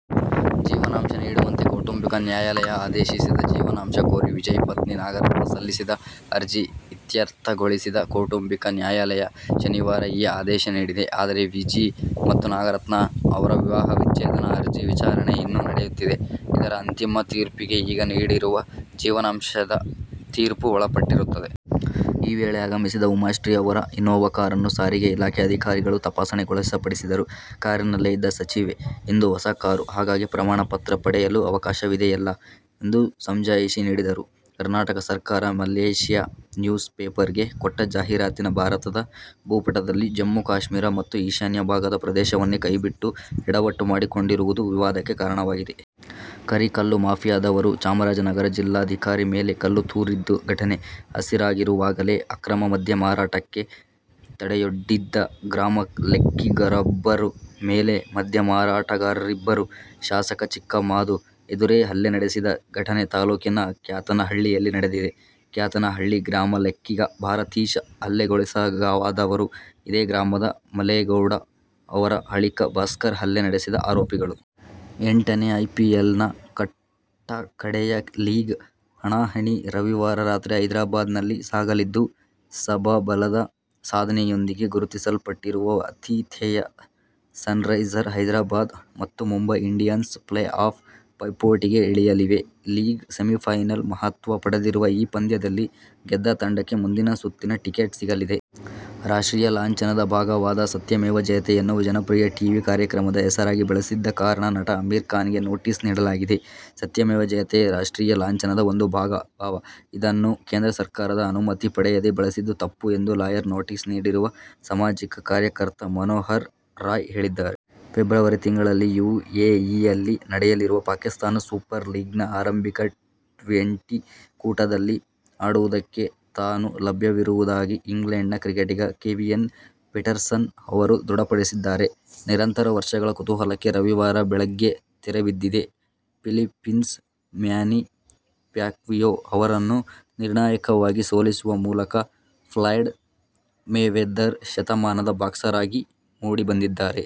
ಜೀವನಾಂಶ ನೀಡುವಂತೆ ಕೌಟುಂಬಿಕ ನ್ಯಾಯಾಲಯ ಆದೇಶಿಸಿದೆ. ಜೀವನಾಂಶ ಕೋರಿ ವಿಜಯ್ ಪತ್ನಿ ನಾಗರತ್ನ ಸಲ್ಲಿಸಿದ್ದ ಅರ್ಜಿ ಇತ್ಯರ್ಥಗೊಳಿಸಿದ ಕೌಟುಂಬಿಕ ನ್ಯಾಯಾಲಯ ಶನಿವಾರ ಈ ಆದೇಶ ನೀಡಿದೆ. ಆದರೆ ವಿಜಿ ಮತ್ತು ನಾಗರತ್ನ ಅವರ ವಿವಾಹ ವಿಚ್ಛೇದನ ಅರ್ಜಿ ವಿಚಾರಣೆ ಇನ್ನೂ ನಡೆಯುತ್ತಿದೆ. ಇದರ ಅಂತಿಮ ತೀರ್ಪಿಗೆ ಈಗ ನೀಡಿರುವ ಜೀವನಾಂಶದ ತೀರ್ಪು ಒಳಪಟ್ಟಿರುತ್ತದೆ. ಈ ವೇಳೆ ಆಗಮಿಸಿದ ಉಮಾಶ್ರೀ ಅವರ ಇನೋವಾ ಕಾರನ್ನು ಸಾರಿಗೆ ಇಲಾಖೆ ಅಧಿಕಾರಿಗಳು ತಪಾಸಣೆಗೊಳಪಡಿಸಿದರು. ಕಾರಿನಲ್ಲೇ ಇದ್ದ ಸಚಿವೆ, "ಇದು ಹೊಸ ಕಾರು. ಹಾಗಾಗಿ, ಪ್ರಮಾಣಪತ್ರ ಪಡೆಯಲು ಅವಕಾಶವಿದೆಯಲ್ಲಾ? ' ಎಂದು ಸಮಜಾಯಿಷಿ ನೀಡಿದರು. ಕರ್ನಾಟಕ ಸರ್ಕಾರ ಮಲೇಷ್ಯಾ ನ್ಯೂಸ್ ಪೇಪರ್ ಗೆ ಕೊಟ್ಟ ಜಾಹೀರಾತಿನ ಭಾರತದ ಭೂಪಟದಲ್ಲಿ ಜಮ್ಮು-ಕಾಶ್ಮೀರ ಮತ್ತು ಈಶಾನ್ಯ ಭಾಗದ ಪ್ರದೇಶವನ್ನೇ ಕೈಬಿಟ್ಟು ಯಡವಟ್ಟು ಮಾಡಿಕೊಂಡಿರುವುದು ವಿವಾದಕ್ಕೆ ಕಾರಣವಾಗಿದೆ. ಕರಿ ಕಲ್ಲು ಮಾಫಿಯಾದವರು ಚಾಮರಾಜನಗರ ಜಿಲ್ಲಾಧಿಕಾರಿ ಮೇಲೆ ಕಲ್ಲು ತೂರಿದ್ದ ಘಟನೆ ಹಸಿರಾಗಿರುವಾಗಲೇ, ಅಕ್ರಮ ಮದ್ಯ ಮಾರಾಟಕ್ಕೆ ತಡೆಯೊಡ್ಡಿದಗ್ರಾಮಲೆಕ್ಕಿಗರೊಬ್ಬರ ಮೇಲೆ ಮದ್ಯಮಾರಾಟಗಾರರಿಬ್ಬರು ಶಾಸಕ ಚಿಕ್ಕಮಾದು ಎದುರೇ ಹಲ್ಲೆ ನಡೆಸಿದ ಘಟನೆ ತಾಲೂಕಿನ ಕ್ಯಾತನಹಳ್ಳಿಯಲ್ಲಿ ನಡೆದಿದೆ. ಕ್ಯಾತನಹಳ್ಳಿ ಗ್ರಾಮಲೆಕ್ಕಿಗ ಭಾರತೀಶ ಹಲ್ಲೆಗೊಳಗಾದವರು. ಇದೇ ಗ್ರಾಮದ ಮಾಲೇಗೌಡ, ಅವರ ಅಳಿಕ ಭಾಸ್ಕರ್ ಹಲ್ಲೆ ನಡೆಸಿದ ಆರೋಪಿಗಳು. ಎಂಟನೇ ಐಪಿಎಲ್ನ ಕಟ್ಟಕಡೆಯ ಲೀಗ್ ಹಣಾಹಣಿ ರವಿವಾರ ರಾತ್ರಿ ಹೈದರಾಬಾದ್ ನಲ್ಲಿ ಸಾಗಲಿದ್ದು, ಸಬಬಲದ ಸಾಧನೆ ಯೊಂದಿಗೆ ಗುರುತಿಸಲ್ಪಟ್ಟಿರುವ ಆತಿ ಥೇಯ ಸನ್ರೈಸರ್ ಹೈದರಾಬಾದ್ ಮತ್ತು ಮುಂಬೈ ಇಂಡಿಯನ್ಸ್ ಪ್ಲೇ- ಆಫ್ ಪೈಪೋಟಿಗೆ ಇಳಿಯಲಿವೆ. "ಲೀಗ್ ಸೆಮಿಫೈನಲ್' ಮಹತ್ವ ಪಡೆದಿರುವ ಈ ಪಂದ್ಯದಲ್ಲಿ ಗೆದ್ದ ತಂಡಕ್ಕೆ ಮುಂದಿನ ಸುತ್ತಿನ ಟಿಕೆಟ್ ಸಿಗಲಿದೆ. ರಾಷ್ಟ್ರೀಯ ಲಾಂಛನದ ಭಾಗವಾದ "ಸತ್ಯಮೇವ ಜಯತೆ'ಯನ್ನು ಜನಪ್ರಿಯ ಟೀವಿ ಕಾರ್ಯಕ್ರಮದ ಹೆಸರಾಗಿ ಬಳಸಿದ್ದ ಕಾರಣ ನಟ ಅಮೀರ್ ಖಾನ್ಗೆ ನೋಟಿಸ್ ನೀಡಲಾಗಿದೆ. ಸತ್ಯಮೇವ ಜಯತೇ ರಾಷ್ಟ್ರೀಯ ಲಾಂಛನದ ಒಂದು ಭಾಗ, ಇದನ್ನು ಕೇಂದ್ರ ಸರ್ಕಾರದ ಅನುಮತಿ ಪಡೆಯದೇ ಬಳಸಿದ್ದು ತಪ್ಪು ಎಂದು ಲಾಯರ್ ನೋಟಿಸ್ ನೀಡಿರುವ ಸಾಮಾಜಿಕ ಕಾರ್ಯಕರ್ತ ಮನೋಹರ್ ರಾಯ್ ಹೇಳಿದ್ದಾರೆ. ಫೆಬ್ರವರಿ ತಿಂಗಳಲ್ಲಿ ಯುಎಇಯಲ್ಲಿ ನಡೆಯಲಿರುವ ಪಾಕಿಸ್ಥಾನ್ ಸೂಪರ್ ಲೀಗ್ನ ಆರಂಭಿಕ ಟ್ವೆಂಟಿ ಕೂಟದಲ್ಲಿ ಆಡುವುದಕ್ಕೆ ತಾನು ಲಭ್ಯವಿರುವುದಾಗಿ ಇಂಗ್ಲೆಂಡ್ನ ಕ್ರಿಕೆಟಿಗ ಕೆವಿನ್ ಪೀಟರ್ಸನ್ ಅವರು ದೃಢಪಡಿಸಿದ್ದಾರೆ. ನಿರಂತರ ವರ್ಷಗಳ ಕುತೂಹಲಕ್ಕೆ ರವಿವಾರ ಬೆಳಗ್ಗೆ ತೆರೆಬಿದ್ದಿದೆ. ಫಿಲಿಪ್ಪೀನ್ಸ್ನ ಮ್ಯಾನಿ ಪ್ಯಾಕ್ವಿಯೋ ಅವರನ್ನು ನಿರ್ಣಾಯಕವಾಗಿ ಸೋಲಿಸುವ ಮೂಲಕ ಫ್ಲಾಯ್ಡ ಮೇವೆದರ್ ಶತಮಾನದ ಬಾಕ್ಸರ್ ಆಗಿ ಮೂಡಿಬಂದಿದ್ದಾರೆ.